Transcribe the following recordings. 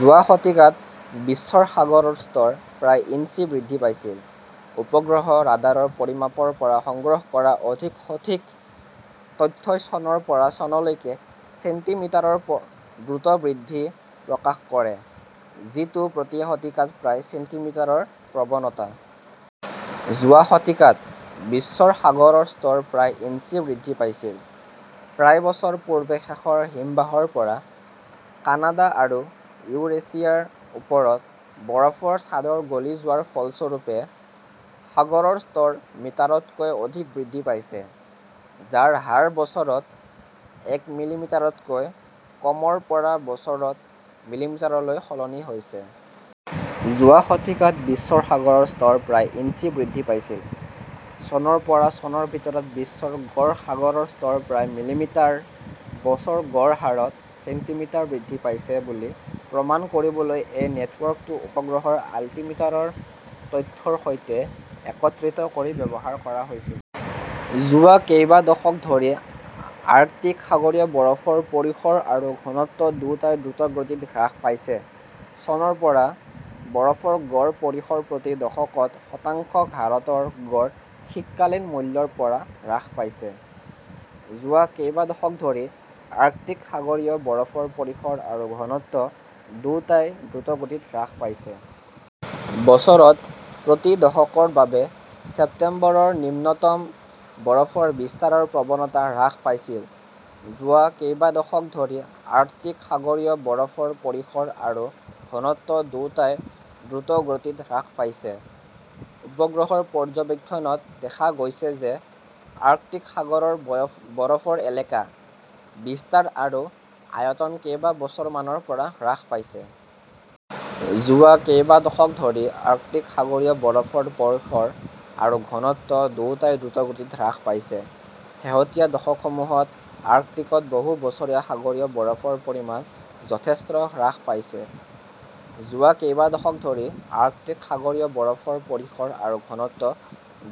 যোৱা শতিকাত বিশ্বৰ সাগৰৰ স্তৰ প্ৰায় ইঞ্চি বৃদ্ধি পাইছিল। উপগ্ৰহ ৰাডাৰৰ পৰিমাপৰ পৰা সংগ্ৰহ কৰা অধিক সঠিক তথ্যই চনৰ পৰা চনলৈকে ছেণ্টিমিটাৰ ৰ দ্ৰুত বৃদ্ধি প্ৰকাশ কৰে, যিটো প্ৰতি শতিকাত প্ৰায় ছেণ্টিমিটাৰ ৰ প্ৰৱণতা। যোৱা শতিকাত বিশ্বৰ সাগৰৰ স্তৰ প্ৰায় ইঞ্চি বৃদ্ধি পাইছিল। প্ৰায় বছৰ পূৰ্বে শেষৰ হিমবাহৰ পৰা, কানাডা আৰু ইউৰেচিয়াৰ ওপৰত বৰফৰ চাদৰ গলি যোৱাৰ ফলস্বৰূপে, সাগৰৰ স্তৰ মিটাৰ তকৈও অধিক বৃদ্ধি পাইছে, যাৰ হাৰ বছৰত এক মিলিমিটাৰতকৈ কমৰ পৰা বছৰত মিলিমিটাৰলৈ সলনি হৈছে। যোৱা শতিকাত বিশ্বৰ সাগৰৰ স্তৰ প্ৰায় ইঞ্চি বৃদ্ধি পাইছিল। চনৰ পৰা চনৰ ভিতৰত বিশ্বৰ গড় সাগৰৰ স্তৰ প্ৰায় মিলিমিটাৰ/বছৰ গড় হাৰত ছেণ্টিমিটাৰ বৃদ্ধি পাইছে বুলি প্ৰমাণ কৰিবলৈ এই নেটৱৰ্কটো উপগ্ৰহৰ আল্টিমিটাৰ তথ্যৰ সৈতে একত্ৰিত কৰি ব্যৱহাৰ কৰা হৈছিল। যোৱা কেইবা দশক ধৰি আৰ্কটিক সাগৰীয় বৰফৰ পৰিসৰ আৰু ঘনত্ব দুয়োটাই দ্ৰুতগতিত হ্ৰাস পাইছে। চনৰ পৰা বৰফৰ গড় পৰিসৰ প্ৰতি দশকত শতাংশ হাৰত ৰ গড় শীতকালীন মূল্যৰ পৰা হ্ৰাস পাইছে। যোৱা কেইবা দশক ধৰি আৰ্কটিক সাগৰীয় বৰফৰ পৰিসৰ আৰু ঘনত্ব দুয়োটাই দ্ৰুতগতিত হ্ৰাস পাইছে। বছৰত প্ৰতি দশকত ৰ বাবে ছেপ্টেম্বৰৰ নিম্নতম বৰফৰ বিস্তাৰৰ প্ৰৱণতা হ্ৰাস পাইছিল। যোৱা কেইবা দশক ধৰি আৰ্কটিক সাগৰীয় বৰফৰ পৰিসৰ আৰু ঘনত্ব দুয়োটাই দ্ৰুতগতিত হ্ৰাস পাইছে। উপগ্ৰহৰ পৰ্যবেক্ষণত দেখা গৈছে যে আৰ্কটিক সাগৰৰ বৰফৰ এলেকা, বিস্তাৰ আৰু আয়তন কেইবছৰমানৰ পৰা হ্ৰাস পাইছে। যোৱা কেইবা দশক ধৰি আৰ্কটিক সাগৰীয় বৰফৰ পৰিসৰ আৰু ঘনত্ব দুয়োটাই দ্ৰুতগতিত হ্ৰাস পাইছে। শেহতীয়া দশকসমূহত আৰ্কটিকত বহু বছৰীয়া সাগৰীয় বৰফৰ পৰিমাণ যথেষ্ট হ্ৰাস পাইছে। যোৱা কেইবা দশক ধৰি আৰ্কটিক সাগৰীয় বৰফৰ পৰিসৰ আৰু ঘনত্ব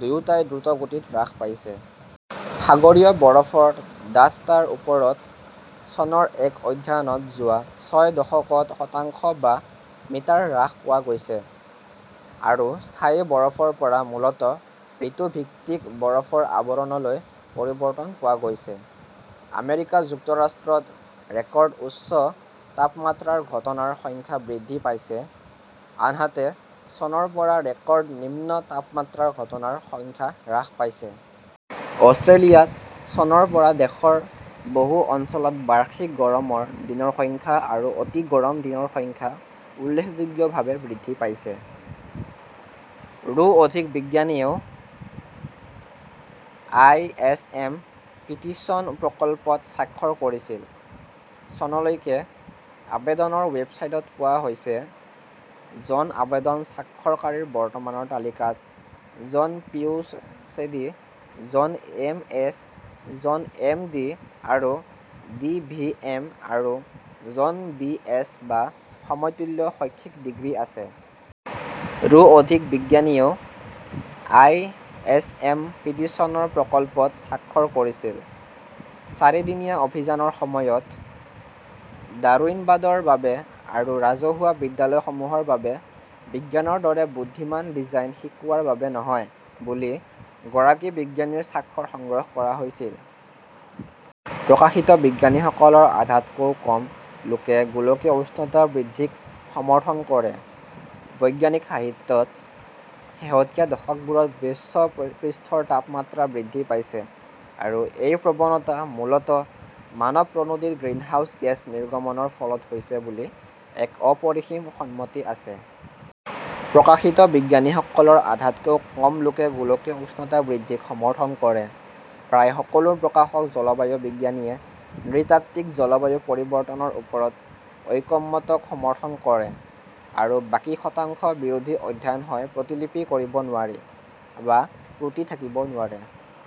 দুয়োটাই দ্ৰুতগতিত হ্ৰাস পাইছে। সাগৰীয় বৰফৰ ডাঠতাৰ ওপৰত চনৰ এক অধ্যয়নত যোৱা ছয় দশকত শতাংশ বা মিটাৰ হ্ৰাস পোৱা গৈছে আৰু স্থায়ী বৰফৰ পৰা মূলতঃ ঋতুভিত্তিক বৰফৰ আৱৰণলৈ পৰিৱৰ্তন পোৱা গৈছে। আমেৰিকা যুক্তৰাষ্ট্ৰত ৰেকৰ্ড উচ্চ তাপমাত্ৰাৰ ঘটনাৰ সংখ্যা বৃদ্ধি পাইছে, আনহাতে চনৰ পৰা ৰেকৰ্ড নিম্ন তাপমাত্ৰাৰ ঘটনাৰ সংখ্যা হ্ৰাস পাইছে। অষ্ট্ৰেলিয়াত চনৰ পৰা দেশৰ বহু অঞ্চলত বাৰ্ষিক গৰম দিনৰ সংখ্যা আৰু অতি গৰম দিনৰ সংখ্যা উল্লেখযোগ্যভাৱে বৃদ্ধি পাইছে।, ৰো অধিক বিজ্ঞানীয়ে O. I. S. M. Petition প্ৰকল্পত স্বাক্ষৰ কৰিছিল। চনলৈকে, আবেদনৰ ৱেবছাইটত কোৱা হৈছে, " জন আবেদন স্বাক্ষৰকাৰীৰ বৰ্তমানৰ তালিকাত জন পিএইচডি; জন এমএছ; জন এমডি আৰু ডিভিএম; আৰু জন বিএছ বা সমতুল্য শৈক্ষিক ডিগ্ৰী আছে।, ৰো অধিক বিজ্ঞানীয়ে O. I. S. M. Petition প্ৰকল্পত স্বাক্ষৰ কৰিছিল। চাৰিদিনীয়া অভিযানৰ সময়ত ডাৰউইনবাদৰ বাবে আৰু ৰাজহুৱা বিদ্যালয়সমূহৰ বাবে বিজ্ঞানৰ দৰে বুদ্ধিমান ডিজাইন শিকোৱাৰ বাবে নহয় বুলি গৰাকী বিজ্ঞানীৰ স্বাক্ষৰ সংগ্ৰহ কৰা হৈছিল। প্ৰকাশিত বিজ্ঞানীসকলৰ আধাতকৈও কম লোকে গোলকীয় উষ্ণতা বৃদ্ধিক সমৰ্থন কৰে। বৈজ্ঞানিক সাহিত্যত, শেহতীয়া দশকবোৰত বিশ্ব পৃষ্ঠৰ তাপমাত্ৰা বৃদ্ধি পাইছে আৰু এই প্ৰৱণতা মূলতঃ মানৱ-প্ৰণোদিত গ্ৰীণহাউচ গেছ নিৰ্গমনৰ ফলত হৈছে বুলি এক অপৰিসীম সন্মতি আছে। প্ৰকাশিত বিজ্ঞানীসকলৰ আধাতকৈও কম লোকে গোলকীয় উষ্ণতা বৃদ্ধিক সমৰ্থন কৰে। প্ৰায় সকলো প্ৰকাশক জলবায়ু বিজ্ঞানীয়ে নৃতাত্ত্বিক জলবায়ু পৰিৱৰ্তনৰ ওপৰত ঐকমত্যক সমৰ্থন কৰে, আৰু বাকী শতাংশ বিৰোধী অধ্যয়ন হয় প্ৰতিলিপি কৰিব নোৱাৰি বা ত্ৰুটি থাকিব নোৱাৰে।